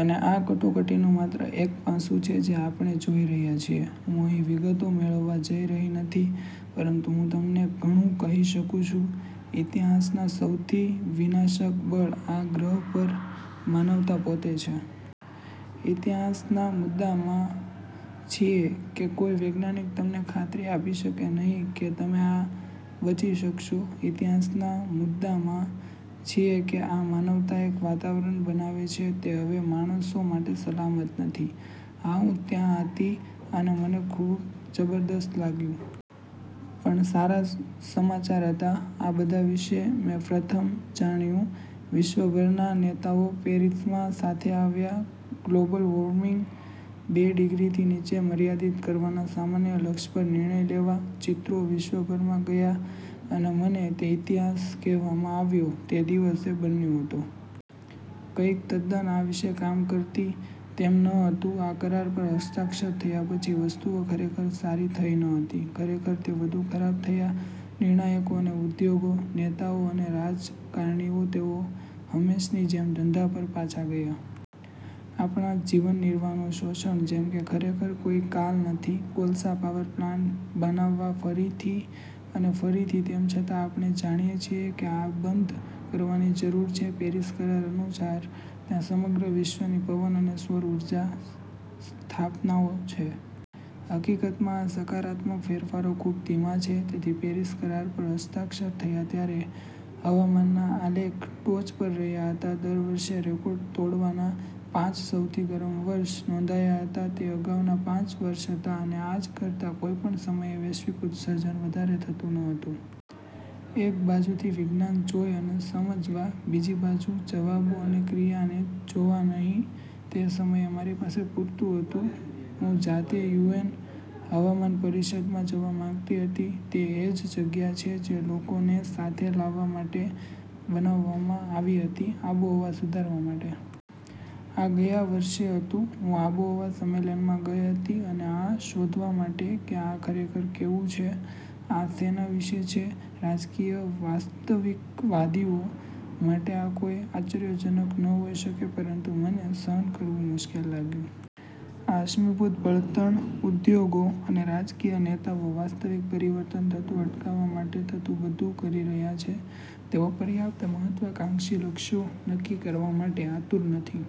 અને આ કટોકટીનુ માત્ર એક પાસું છે જે આપણે જોઈ રહ્યા છીએ. હું અહીં વિગતો મેળવવા જઇ રહી નથી પરંતુ હું તમને ઘણું કહી શકું છું. ઇતિહાસના સૌથી વિનાશક બળ આ ગ્રહ પર માનવતા પોતે છે. ઇતિહાસના મુદ્દામાં છીએ કે કોઈ વૈજ્ઞાનિક તમને ખાતરી આપી શકે નહીં કે તમે આ બચી શકશો. ઇતિહાસના મુદ્દામાં છીએ કે આ માનવતા એક વાતાવરણ બનાવે છે તે હવે માણસો માટે સલામત નથી. હા, હું ત્યાં હતી અને મને ખૂબ જબરજસ્ત લાગ્યું. પણ સારા સમાચાર હતા. આ બધા વિશે મે પ્રથમ જાણ્યું. વિશ્વભરના નેતાઓ પેરિસમાં સાથે આવ્યા ગ્લોબલ વોર્મિંગ બે ડિગ્રીથી નીચે મર્યાદિત કરવાના સામાન્ય લક્ષ્ય પર નિર્ણય લેવા. ચિત્રો વિશ્વભરમાં ગયા અને મને તે ઇતિહાસ કહેવામાં આવ્યો તે દિવસે બન્યો હતો. કંઈક તદ્દન આ વિશે કામ કરતી તેમ ન હતું. આ કરાર પર હસ્તાક્ષર થયા પછી વસ્તુઓ ખરેખર સારી થઈ ન હતી. ખરેખર, તે વધુ ખરાબ થયા. નિર્ણાયકો અને ઉદ્યોગો, નેતાઓ અને રાજકારણીઓ તેઓ હંમેશની જેમ ધંધા પર પાછા ગયા. આપણા જીવનનિર્વાહનું શોષણ જેમ કે ખરેખર કોઈ કાલ નથી. કોલસા પાવર પ્લાન્ટ બનાવવા ફરીથી અને ફરીથી તેમ છતાં આપણે જાણીએ છીએ કે આ બંધ કરવાની જરૂર છે પેરિસ કરાર અનુસાર. ત્યાં સમગ્ર વિશ્વની પવન અને સૌર ઊર્જા સ્થાપનાઓ છે. હકીકતમાં, આ સકારાત્મક ફેરફારો ખૂબ ધીમા છે. તેથી પેરિસ કરાર પર હસ્તાક્ષર થયા ત્યારે હવામાનના આલેખ ટોચ પર રહ્યા હતા દર વર્ષે રેકોર્ડ તોડવાના. પાંચ સૌથી ગરમ વર્ષ નોધાયાં હતા તે અગાઉના પાંચ વર્ષ હતા અને આજ કરતા કોઈપણ સમયે વૈશ્વિક ઉત્સર્જન વધારે થતું ન હતું. એક બાજુથી વિજ્ઞાન જોઈ અને સમજવા, બીજી બાજુ જવાબો અને ક્રિયાને જોવા નહીં. તે સમયે મારી પાસે પૂરતું હતું. હું જાતે યુએન હવામાનપરિષદમાં જવા માંગતી હતી. તે એ જ જગ્યા છે જે લોકોને સાથે લાવવા માટે બનાવવામાં આવી હતી આબોહવા સુધારવા માટે. આ ગયા વર્ષે હતું. હું આબોહવા સંમેલનમાં ગઈ હતી અને આ શોધવા માટે કે આ ખરેખર કેવું છે. આ સેના વિશે છે. રાજકીય વાસ્તવિકવાદીઓ માટે આ કોઈ આશ્ચર્યજનક ન હોઈ શકે પરંતુ મને સહન કરવું મુશ્કેલ લાગ્યું. આ અશ્મિભૂત બળતણ ઉદ્યોગો અને રાજકીય નેતાઓ વાસ્તવિક પરિવર્તન થતું અટકાવવા માટે થતું બધું કરી રહ્યા છે. તેઓ પર્યાપ્ત મહત્વાકાંક્ષી લક્ષ્યો નક્કી કરવા માટે આતુર નથી.